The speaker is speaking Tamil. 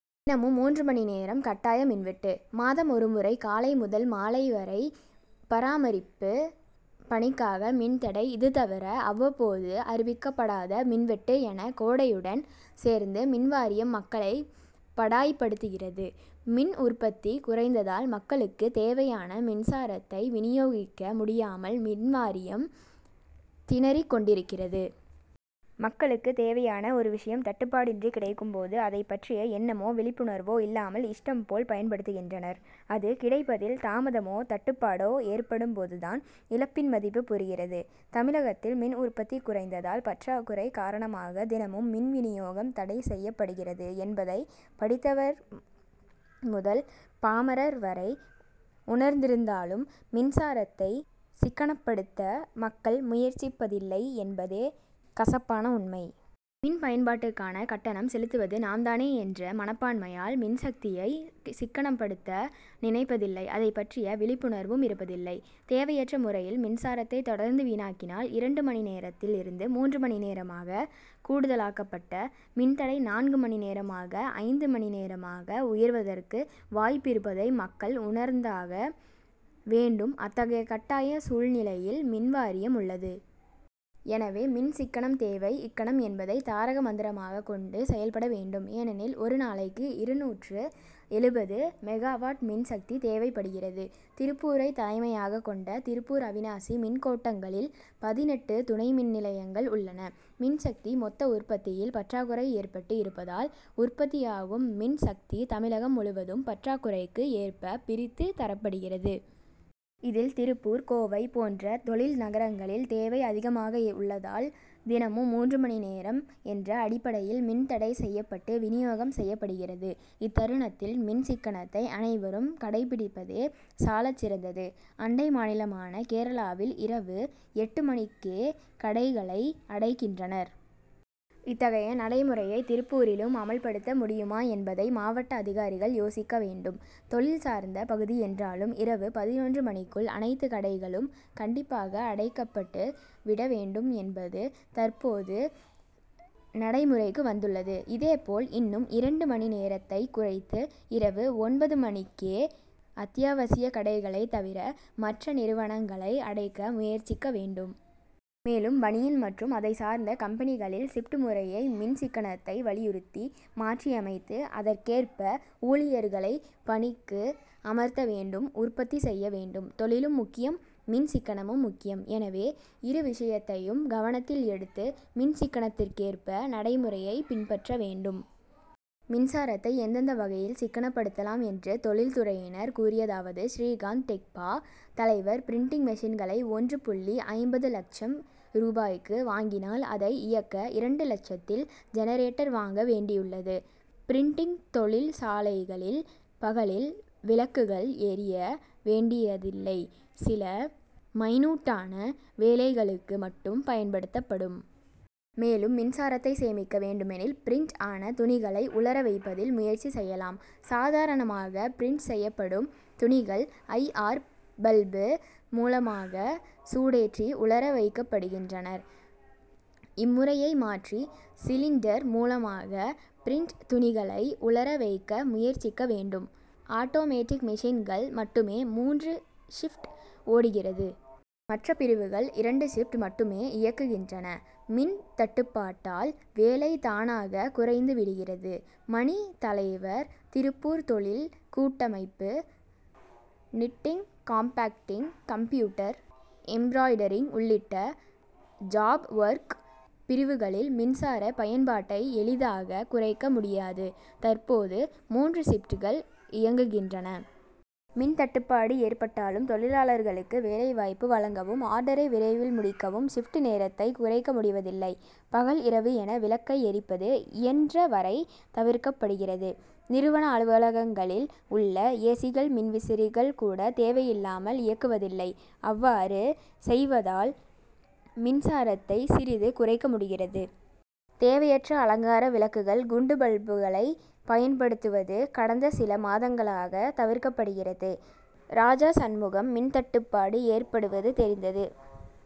தினமும் மூன்று மணி நேரம் கட்டாய மின்வெட்டு; மாதம் ஒருமுறை காலை முதல் மாலை வரை பராமரிப்பு பணிக்காக மின்தடை இதுதவிர அவ்வப்போது அறிவிக்கப்படாத மின்வெட்டு என கோடையுடன் சேர்ந்து மின்வாரியம் மக்களை பாடாய்படுத்துகிறது. மின் உற்பத்தி குறைந்ததால் மக்களுக்கு தேவையான மின்சாரத்தை வினியோகிக்க முடியாமல் மின்வாரியம் திணறிக் கொண்டிருக்கிறது. மக்களுக்கு தேவையான ஒரு விஷயம் தட்டுப்பாடின்றி கிடைக்கும்போது அதைப்பற்றிய எண்ணமோ விழிப்புணர்வோ இல்லாமல் இஷ்டம் போல் பயன்படுத்துகின்றனர் அது கிடைப்பதில் தாமதமோ தட்டுப்பாடோ ஏற்படும் போதுதான் இழப்பின் மதிப்பு புரிகிறது. தமிழகத்தில் மின் உற்பத்தி குறைந்ததால் பற்றாக்குறை காரணமாக தினமும் மின் வினியோகம் தடை செய்யப் படுகிறது என்பதை படித்தவர் முதல் பாமரர் வரை உணர்ந்திருந்தாலும் மின்சாரத்தை சிக்கனப்படுத்த மக்கள் முயற்சிப் பதில்லை என்பதே கசப்பான உண்மை. மின்பயன்பாட்டுக்கான கட்டணம் செலுத்துவது நாம் தானே என்ற மனப்பான்மையால் மின்சக்தியை சிக்கனப்படுத்த நினைப்பதில்லை அதைப்பற்றிய விழிப்புணர்வும் இருப்பதில்லை. தேவையற்ற முறையில் மின்சாரத்தை தொடர்ந்து வீணாக்கினால் இரண்டு மணி நேரத்தில் இருந்து மூன்று மணி நேரமாக கூடுதலாக்கப்பட்ட மின்தடை நான்கு மணி நேரமாக ஐந்து மணி நேரமாக உயர்வதற்கு வாய்ப்பு இருப்பதை மக்கள் உணர்ந்தாக வேண்டும் அத்தகைய கட்டாய சூழ்நிலையில் மின்வாரியம் உள்ளது. எனவே மின்சிக்கனம் தேவை இக்கணம் என்பதை தாரக மந்திரமாக கொண்டு செயல்பட வேண்டும். ஏனெனில் ஒரு நாளைக்கு இருநூற்று எழுபது மெகாவாட் மின் சக்தி தேவைப்படுகிறது. திருப்பூரை தலைமையாக கொண்ட திருப்பூர் அவிநாசி மின்கோட்டங்களில் பதினெட்டு துணை மின்நிலையங்கள் உள்ளன. மின்சக்தி மொத்த உற்பத்தியில் பற்றாக்குறை ஏற்பட்டு இருப்பதால் உற்பத்தியாகும் மின் சக்தி தமிழகம் முழுவதும் பற்றாக்குறைக்கு ஏற்ப பிரித்து தரப்படுகிறது. இதில் திருப்பூர், கோவை போன்ற தொழில் நகரங்களின் தேவை அதிகமாக உள்ளதால் தினமும் மூன்று மணி நேரம் என்ற அடிப்படையில் மின் தடை செய்யப்பட்டு வினியோகம் செய்யப்படுகிறது. இத்தருணத்தில் மின் சிக்கனத்தை அனைவரும் கடைபிடிப்பதே சாலச்சிறந்தது. அண்டை மாநிலமான கேரளாவில் இரவு எட்டு மணிக்கே கடைகளை அடைக்கின்றனர். இத்தகைய நடைமுறையை திருப்பூரிலும் அமல்படுத்த முடியுமா என்பதை மாவட்ட அதிகாரிகள் யோசிக்க வேண்டும். தொழில் சார்ந்த பகுதி என்றாலும், இரவு பதினொன்று மணிக்குள் அனைத்து கடைகளும் கண்டிப்பாக அடைக்கப்பட்டு விட வேண்டும் என்பது தற்போது நடைமுறைக்கு வந்துள்ளது. இதேபோல் இன்னும் இரண்டு மணி நேரத்தை குறைத்து, இரவு ஒன்பது மணிக்கே அத்தியாவசியகடைகளை தவிர மற்ற நிறுவனங்களை அடைக்க முயற்சிக்க வேண்டும். மேலும் பனியன் மற்றும் அதைச்சார்ந்த கம்பெனிகளில் ஷிப்டு முறையை மின் சிக்கனத்தை வலியுறுத்தி மாற்றியமைத்து அதற்கேற்ப ஊழியர்களை பணிக்கு அமர்த்த வேண்டும் உற்பத்தி செய்ய வேண்டும். தொழிலும் முக்கியம் மின் சிக்கனமும் முக்கியம். எனவே இரு விஷயத்தையும் கவனத்தில் எடுத்து மின் சிக்கனத்துக்கேற்ற நடைமுறையை பின்பற்ற வேண்டும். மின்சாரத்தை எந்தெந்த வகையில் சிக்கனப்படுத்தலாம் என்று தொழில் துறையினர் கூறியதாவது:ஸ்ரீகாந்த் டெக்பா தலைவர் பிரின்டிங் மெஷின்களை ஒன்று புள்ளி ஐம்பது லட்சம் ரூபாய்க்கு வாங்கினால் அதை இயக்க இரண்டு லட்சத்தில் ஜெனரேட்டர் வாங்க வேண்டியுள்ளது. பிரின்டிங் தொழிற் சாலைகளில் பகலில் விளக்குகள் எரிய வேண்டியதில்லை. சில மைனூட்டான வேலைகளுக்கு மட்டும் பயன்படுத்தப்படும். மேலும் மின்சாரத்தை சேமிக்க வேண்டுமெனில் பிரின்ட் ஆன துணிகளை உலர வைப்பதில் முயற்சி செய்யலாம். சாதாரணமாக பிரின்ட் செய்யப்படும் துணிகள் ஐ. ஆர். பல்பு மூலமாக சூடேற்றி உலர வைக்கப்படுகின்றன. இம்முறையை மாற்றி சிலிண்டர் மூலமாக பிரின்ட் துணிகளை உலர வைக்க முயற்சிக்க வேண்டும். ஆட்டோமேட்டிக் மெஷின்கள் மட்டுமே மூன்று ஷிப்ட் ஓடுகிறது. மற்றபிரிவுகள் இரண்டு ஷிப்ட் மட்டுமே இயங்குகின்றன. மின் தட்டுப்பாட்டால் வேலை தானாக குறைந்து விடுகிறது. மணி தலைவர் திருப்பூர் தொழில் கூட்டமைப்பு நிட்டிங் காம்பாக்டிங் கம்ப்யூட்டர் எம்ப்ராய்டரிங் உள்ளிட்ட ஜாப் ஒர்க் பிரிவுகளில் மின்சார பயன்பாட்டை எளிதாக குறைக்க முடியாது. தற்போது மூன்று ஷிப்ட்கள் இயங்குகின்றன. மின் தட்டுப்பாடு ஏற்பட்டாலும் தொழிலாளர்களுக்கு வேலைவாய்ப்பு வழங்கவும் ஆர்டரை விரைவில் முடிக்கவும் ஷிப்ட் நேரத்தை குறைக்க முடிவதில்லை. பகல் இரவு என விளக்கை எரிப்பது இயன்ற வரை தவிர்க்கப்படுகிறது. நிறுவன அலுவலகங்களில் உள்ள ஏசிகள் மின்விசிறிகள் கூட தேவையில்லாமல் இயக்குவதில்லை. அவ்வாறு செய்வதால் மின்சாரத்தை சிறிது குறைக்க முடிகிறது. தேவையற்ற அலங்கார விளக்குகள் குண்டு பல்புகளை பயன்படுத்துவது கடந்த சில மாதங்களாக தவிர்க்கப்படுகிறது. ராஜாசண்முகம்: மின்தட்டுப்பாடு ஏற்படுவது தெரிந்ததும்